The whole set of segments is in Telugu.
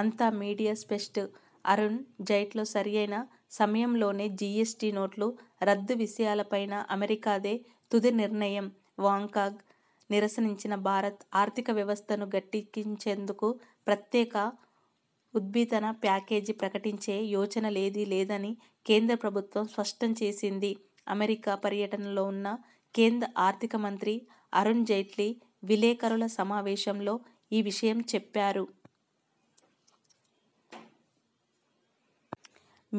అంతా మీడియా సృష్టే: అరుణ్ జైట్లీసరైన సమయంలోనే జిఎస్టి, నోట్ల రద్దువీసాలపై అమెరికాదే తుది నిర్ణయంవాగ్టన్: నీరసించిన భారత ఆర్థిక వ్యవస్థను గట్టెక్కించేందుకు ప్రత్యేక ఉద్దీపన ప్యాకేజీ ప్రకటించే యోచనేదీ లేదని కేంద్ర ప్రభుత్వం స్పష్టం చేసింది. అమెరికా పర్యటనలో ఉన్న కేంద్ర ఆర్థిక మంత్రి అరుణ్ జైట్లీ విలేకరుల సమావేశంలో ఈ విషయం చెప్పారు.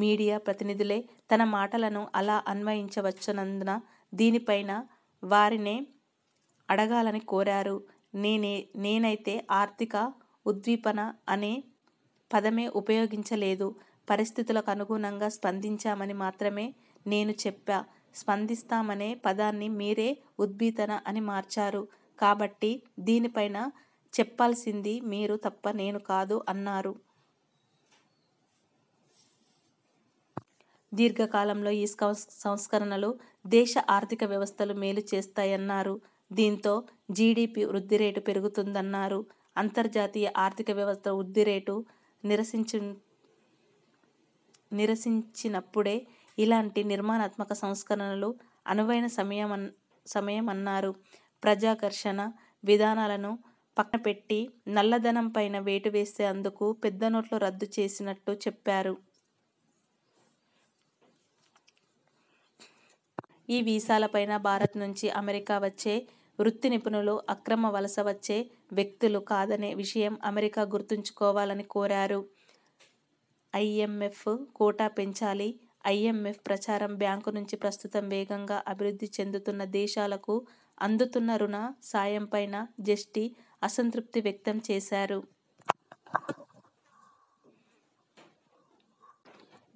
మీడియా ప్రతినిధులే తన మాటలను అలా అన్వయించవచ్చూనందున దీనిపై వారినే అడగాలని కోరారు. 'నేనైతే ఆర్థిక ఉద్దీపన అనే పదమే ఉపయోగించలేదు. పరిస్థితులకు అనుగుణంగా స్పందిస్తామని మాత్రమే నేను చెప్పా. స్పందిస్తామనే పదాన్ని మీరే ఉద్దీపన అని మార్చారు. కాబట్టి దీనిపై చెప్పాల్సిందే మీరు తప్ప నేను కాదు' అన్నారు. దీర్ఘకాలంలో ఈ సంస్కరణలు దేశ ఆర్థిక వ్యవస్థకు మేలు చేస్తాయన్నారు. దీంతో జిడిపి వృద్ధి రేటూ పెరగనుందన్నారు. అంతర్జాతీయ ఆర్థిక వ్యవస్థ వృద్ధి రేటు నీరసించినపుడే ఇలాంటి నిర్మాణాత్మక సంస్కరణలకు అనువైన సమయమన్నారు. ప్రజాకర్షక విధానాలను పక్క పెట్టి నల్ల ధనంపై వేటు వేసేందుకే పెద్ద నోట్లు రద్దు చేసినట్టు చెప్పారు. ఈ వీసాలపై భారత్ నుంచి అమెరికా వచ్చే వృత్తి నిపుణులు అక్రమంగా వలస వచ్చే వ్యక్తులు కాదనే విషయం అమెరికా గుర్తుంచుకోవాలని కోరారు. ఐఎంఎఫ్ కోటా పెంచాలి ఐఎంఎఫ్, ప్రపంచ బ్యాంక్ నుంచి ప్రస్తుతం వేగంగా అభివృద్ధి చెందుతున్న దేశాలకు అందుతున్న రుణ సాయంపై జెస్టి అసంతృప్తి వ్యక్తం చేశారు.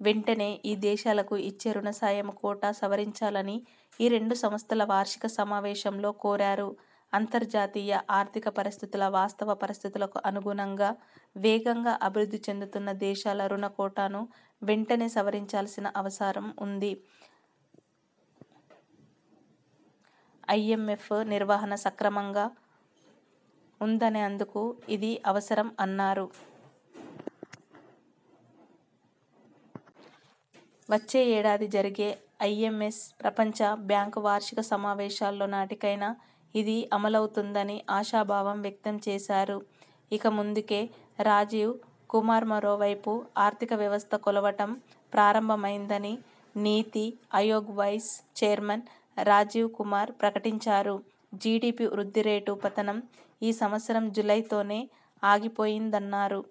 వెంటనే ఈ దేశాలకు ఇచ్చే రుణ సాయం కోటా సవరించాలని ఈ రెండు సంస్థల వార్షిక సమావేశంలో కోరారు. 'అంతర్జాతీయ ఆర్థిక పరిస్థితుల వాస్తవ పరిస్థితులకు అనుగుణంగా వేగంగా అభివృద్ధి చెందుతున్న దేశాల రుణ కోటాను వెంటనే సవరించాల్సిన అవసరం ఉంది. ఐఎంఎఫ్ నిర్వహణ సక్రమంగా ఉందనేందుకూ ఇది అవసరం' అన్నారు. వచ్చే ఏడాది జరిగే ఐఎంఎఫ్, ప్రపంచ బ్యాంక్ వార్షిక సమావేశాల నాటికైనా ఇది అమలవుతుందని ఆశాభావం వ్యక్తం చేశారు. ఇక ముందుకే: రాజీవ్ కుమార్మరోవైపు ఆర్థిక వ్యవస్థ కోలుకోవడం ప్రారంభమైందని నీతి ఆయోగ్ వైస్ చైర్మన్ రాజీవ్ కుమార్ ప్రకటించారు. జిడిపి వృద్ధి రేటు పతనం ఈ సంవత్సరం జూలైతోనే ఆగిపోయిందన్నారు.